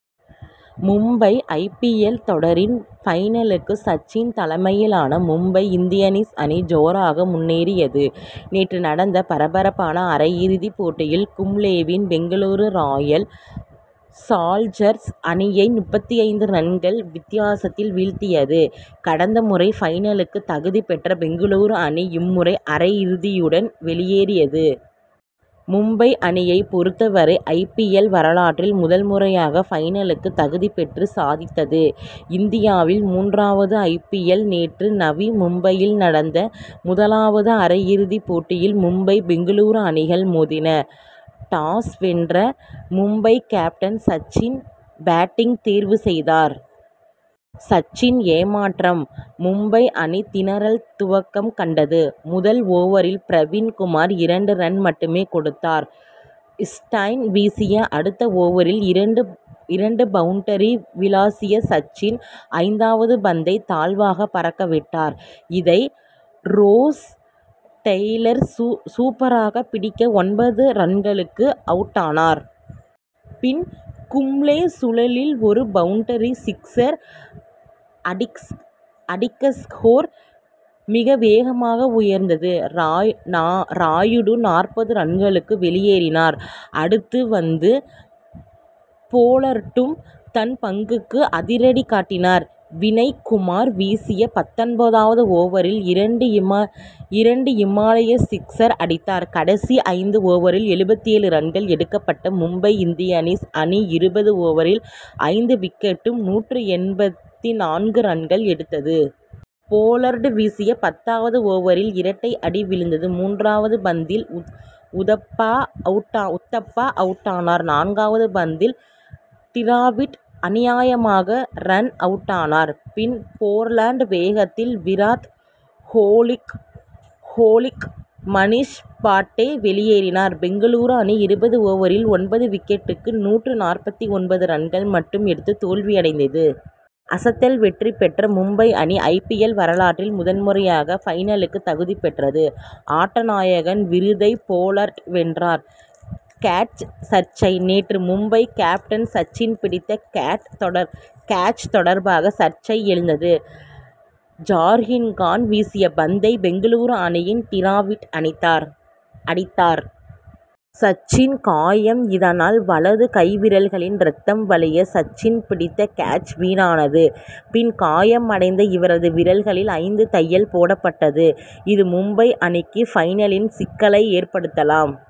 Mumbai I. P. L. தொடரின் பைனலுக்கு சச்சின் தலைமையிலான மும்பை இந்தியன்ஸ் அணி ஜோராக முன்னேறியது. நேற்று நடந்த பரபரப்பான அரையிறுதி போட்டியில் கும்ளேவின் பெங்களூரு ராயல் சாலஞ்சர்ஸ் அணியை முப்பத்தைந்து ரன்கள் வித்தி யாசத்தில் வீழ்த்தியது. கடந்த முறை பைனலுக்கு தகுதி பெற்ற பெங்களூரு அணி இம்முறை அரையிறுதியுடன் வெளியேறியது. மும்பை அணியை பொறுத்தவரை ஐ. பி. எல். வரலாற்றில் முதல் முறையாக பைனலுக்கு தகுதி பெற்று சாதித்தது. இந்தியாவில் மூன்றாவது ஐ. பி. நேற்று நவி மும்பையில் நடந்த முதலாவது அரையிறுதி போட்டியில் மும்பை பெங்களூரு அணிகள் மோதின. டாஸ் வென்ற மும்பை கேப்டன் சச்சின் பேட்டிங் தேர்வு செய்தார். சச்சின் ஏமாற்றம் மும்பை அணி திணறல் துவக்கம் கண்டது. முதல் ஓவரில் பிரவீண் குமார் இரண்டு ரன் மட்டுமே கொடுத்தார். ஸ்டைன் வீசிய அடுத்த ஓவரில் இரண்டு பவுண்டரி விளாசிய சச்சின் ஐந்தாவது பந்தை தாழ்வாக பறக்க விட்டார். இதனை ரோஸ் டெய்லர் சூப்பராக பிடிக்க ஒன்பது ரன்களுக்கு அவுட்டானார். பின் கும்ளே சுழலில் ஒரு பவுண்டரி சிக்சர் அடிக்கஸ்கோர் மிக வேகமாக உயர்ந்தது. ராயுடு நாற்பது ரன்களுக்கு வெளியேறினார். அடுத்து வந்த போலார்டும் தன் பங்குக்கு அதிரடி காட்டினார். வினய் குமார் வீசிய பத்தொன்பதாவது ஓவரில் இரண்டு இமாலய சிக்சர் அடித்தார். கடைசி ஐந்து ஓவரில் எழுபத்தேழு ரன்கள் எடுக்கப்பட, மும்பை இந்தியன்ஸ் அணிஇருபது ஓவரில் ஐந்து விக்கெட்டுக்கு நூற்று எண்பத்து நான்கு ரன்கள் எடுத்தது. போலார்டு வீசிய பத்தாவது ஓவரில் இரட்டை அடி விழுந்தது. மூன்றாவது பந்தில் உத்தப்பா அவுட்டானார். நான்காவது பந்தில் டிராவிட் அநியாயமாக ரன் அவுட்டானார். பின் போலார்டு வேகத்தில் விராத் கோஹ்லி மனிஷ்பாண்டே வெளியேறினர். பெங்களூரு அணி இருபது ஓவரில் ஒன்பது விக்கெட்டுக்கு. நூற்று நாற்பத்தொன்பது ரன்கள். மட்டும் எடுத்து தோல்வி அடைந்தது. அசத்தல் வெற்றி பெற்ற மும்பை அணி ஐ. பி. எல். வரலாற்றில் முதல் முறையாக பைனலுக்கு தகுதி பெற்றது. ஆட்டநாயகன் விருதை போலார்டு வென்றார். கேட்ச் சர்ச்சை: நேற்று மும்பை கேப்டன் சச்சின் பிடித்த கேட்ச் தொடர்பாக சர்ச்சை எழுந்தது. ஜாகிர்கான் வீசிய பந்தை பெங்களூரு அணியின் டிராவிட் அடித்தார். சச்சின் காயம் இதனால் வலது கை விரல்களில் ரத்தம் வழிய சச்சின் பிடித்த கேட்ச் வீணானது. பின் காயம் அடைந்த இவரது விரல்களில் ஐந்து தையல் போடப்பட்டது. இது மும்பை அணிக்கு பைனலில் சிக்கலை ஏற்படுத்தலாம்.